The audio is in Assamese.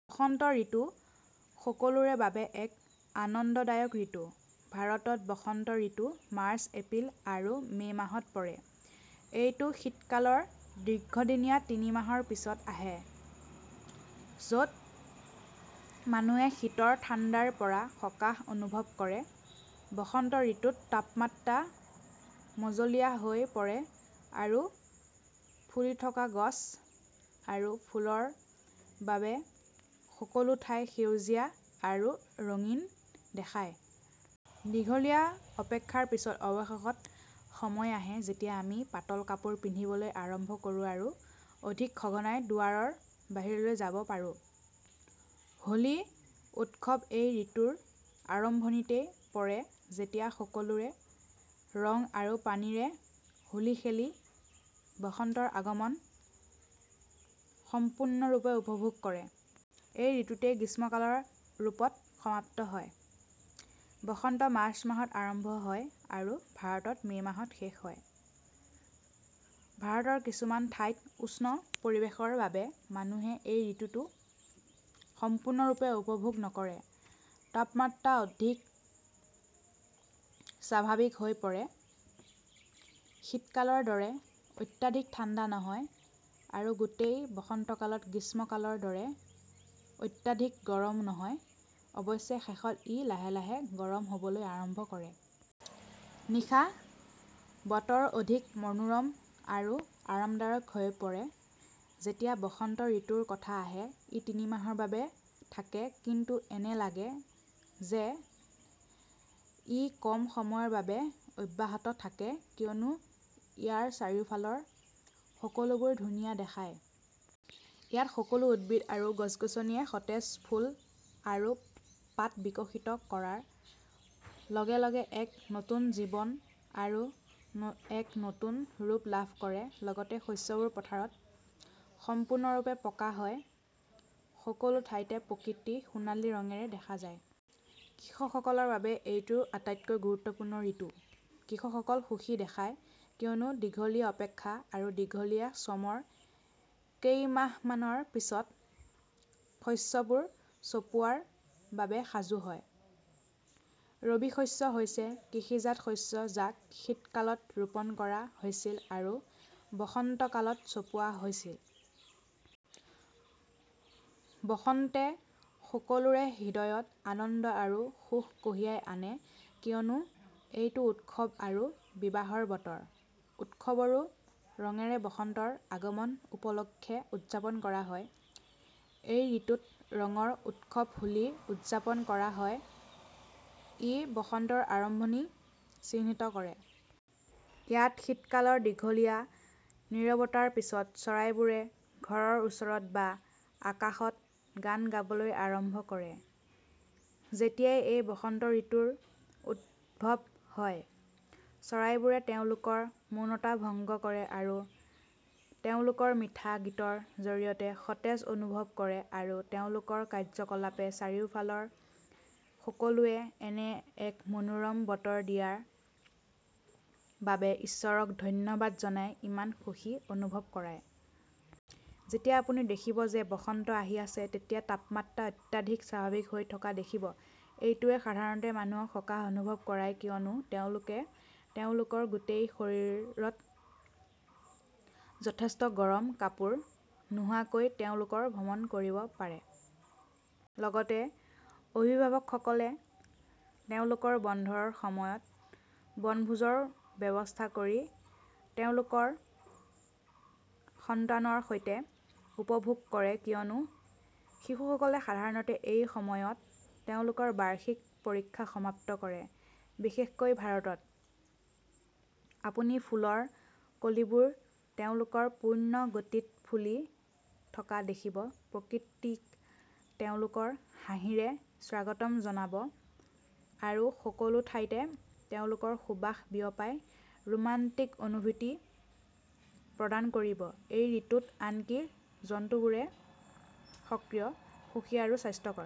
বসন্ত ঋতু সকলোৰে বাবে এক আনন্দদায়ক ঋতু। ভাৰতত বসন্ত ঋতু মাৰ্চ, এপ্ৰিল আৰু মে মাহত পৰে। এইটো শীতকালৰ দীঘলীয়া তিনি মাহৰ পিছত আহে য'ত মানুহে শীতৰ ঠাণ্ডাৰ পৰা সকাহ অনুভৱ কৰে। বসন্ত ঋতুত তাপমাত্ৰা মজলীয়া হৈ পৰে আৰু ফুলি থকা গছ আৰু ফুলৰ বাবে সকলোঠাই সেউজীয়া আৰু ৰঙীন দেখায়। দীঘলীয়া অপেক্ষাৰ পিছত, অৱশেষত সময় আহে যেতিয়া আমি পাতল কাপোৰ পিন্ধিবলৈ আৰম্ভ কৰোঁ আৰু অধিক সঘনাই দুৱাৰৰ বাহিৰলৈ যাব পাৰো। হোলী উৎসৱ এই ঋতুৰ আৰম্ভণিতে পৰে যেতিয়া সকলোৱে ৰং আৰু পানীৰে হোলী খেলি বসন্তৰ আগমন সম্পূৰ্ণৰূপে উপভোগ কৰে। এই ঋতুটো গ্ৰীষ্মকালৰ ৰূপত সমাপ্ত হয়। বসন্ত মাৰ্চ মাহত আৰম্ভ হয় আৰু ভাৰতত মে মাহত শেষ হয়। ভাৰতৰ কিছুমান ঠাইত, উষ্ণ পৰিৱেশৰ বাবে মানুহে এই ঋতুটো সম্পূৰ্ণৰূপে উপভোগ নকৰে। তাপমাত্ৰা অতি স্বাভাৱিক হৈ পৰে, শীতকালৰ দৰে অত্যাধিক ঠাণ্ডা নহয় আৰু গোটেই বসন্তকালত গ্ৰীষ্মকালৰ দৰে অত্যাধিক গৰম নহয় অৱশ্যে শেষত ই লাহে লাহে গৰম হ'বলৈ আৰম্ভ কৰে। নিশা, বতৰ অধিক মনোৰম আৰু আৰামদায়ক হৈ পৰে। যেতিয়া বসন্ত ঋতুৰ কথা আহে, ই তিনি মাহৰ বাবে থাকে, কিন্তু এনে লাগে যেন ই কম সময়ৰ বাবে অব্যাহত থাকে কিয়নো ইয়াৰ চাৰিওফালৰ সকলোবোৰ ধুনীয়া দেখায়। ইয়াত, সকলো উদ্ভিদ আৰু গছ-গছনিয়ে সতেজ ফুল আৰু পাত বিকশিত কৰাৰ লগে লগে এক নতুন জীৱন আৰু এক নতুন ৰূপ লাভ কৰে। লগতে, শস্যবোৰ পথাৰত সম্পূৰ্ণৰূপে পকা হয়, সকলো ঠাইতে প্ৰকৃতি সোণালী ৰঙেৰে দেখা যায়। কৃষকসকলৰ বাবে এইটো আটাইতকৈ গুৰুত্বপূৰ্ণ ঋতু। কৃষকসকলক সুখী দেখায় কিয়নো দীঘলীয়া অপেক্ষা আৰু দীঘলীয়া শ্ৰমৰ কেইমাহমানৰ পিছত, শস্যবোৰ চপোৱাৰ বাবে সাজু হয়। ৰবি শস্য হৈছে কৃষিজাত শস্য যাক শীতকালত ৰোপণ কৰা হৈছিল আৰু বসন্তকালত চপোৱা হৈছিল। বসন্তে সকলোৰে হৃদয়ত আনন্দ আৰু সুখ কঢ়িয়াই আনে, কিয়নো এইটো উৎসৱ আৰু বিবাহৰ বতৰ। উৎসৱবোৰ ৰঙেৰে বসন্তৰ আগমন উপলক্ষে উদযাপন কৰা হয়। এই ঋতুত ৰঙৰ উৎসৱ হোলী উদযাপন কৰা হয়। ই বসন্তৰ আৰম্ভণি চিহ্নিত কৰে। ইয়াত, শীতকালৰ দীঘলীয়া নীৰৱতাৰ পিছত, চৰাইবোৰে ঘৰৰ ওচৰত বা আকাশত গান গাবলৈ আৰম্ভ কৰে। যেতিয়াই এই বসন্তঋতুৰ উদ্ভৱ হয়, চৰাইবোৰে তেওঁলোকৰ মৌনতা ভংগ কৰে আৰু তেওঁলোকৰ মিঠা গীতৰ জৰিয়তে সতেজ অনুভৱ কৰে, আৰু তেওঁলোকৰ কাৰ্যকলাপে চাৰিওফালৰ সকলোকে এনে এক মনোৰম বতৰ দিয়াৰ বাবে ঈশ্বৰক ধন্যবাদ জনাই ইমান সুখী অনুভৱ কৰায়। যেতিয়া আপুনি দেখিব যে বসন্ত আহি আছে, আপুনি তাপমাত্ৰা অত্যাধিক স্বাভাৱিক হৈ থকা দেখিব। এইটোৱে সাধাৰণতে মানুহক সকাহ অনুভৱ কৰায় কিয়নো তেওঁলোকে তেওঁলোকৰ গোটেই শৰীৰত যথেষ্ট গৰম কাপোৰ নোহোৱাকৈ তেওঁলোকৰ ভ্ৰমণ কৰিব পাৰে। লগতে, অভিভাৱকসকলে তেওঁলোকৰ বন্ধৰ সময়ত বনভোজৰ ব্যৱস্থা কৰি তেওঁলোকৰ সন্তানৰ সৈতে উপভোগ কৰে কিয়নো শিশুসকলে সাধাৰণতে এই সময়ত তেওঁলোকৰ বাৰ্ষিক পৰীক্ষা সমাপ্ত কৰে, বিশেষকৈ ভাৰতত।। আপুনি ফুলৰ কলিবোৰ তেওঁলোকৰ পূৰ্ণ গতিত ফুলি থকা দেখিব, প্ৰকৃতিক তেওঁলোকৰ হাঁহিৰে স্বাগতম জনাব আৰু সকলোঠাইতে তেওঁলোকৰ সুবাস বিয়পাই ৰোমাণ্টিক অনুভূতি প্ৰদান কৰিব। এই ঋতুত, আনকি জন্তুবোৰো সক্ৰিয়, সুখী আৰু স্বাস্থ্যকৰ।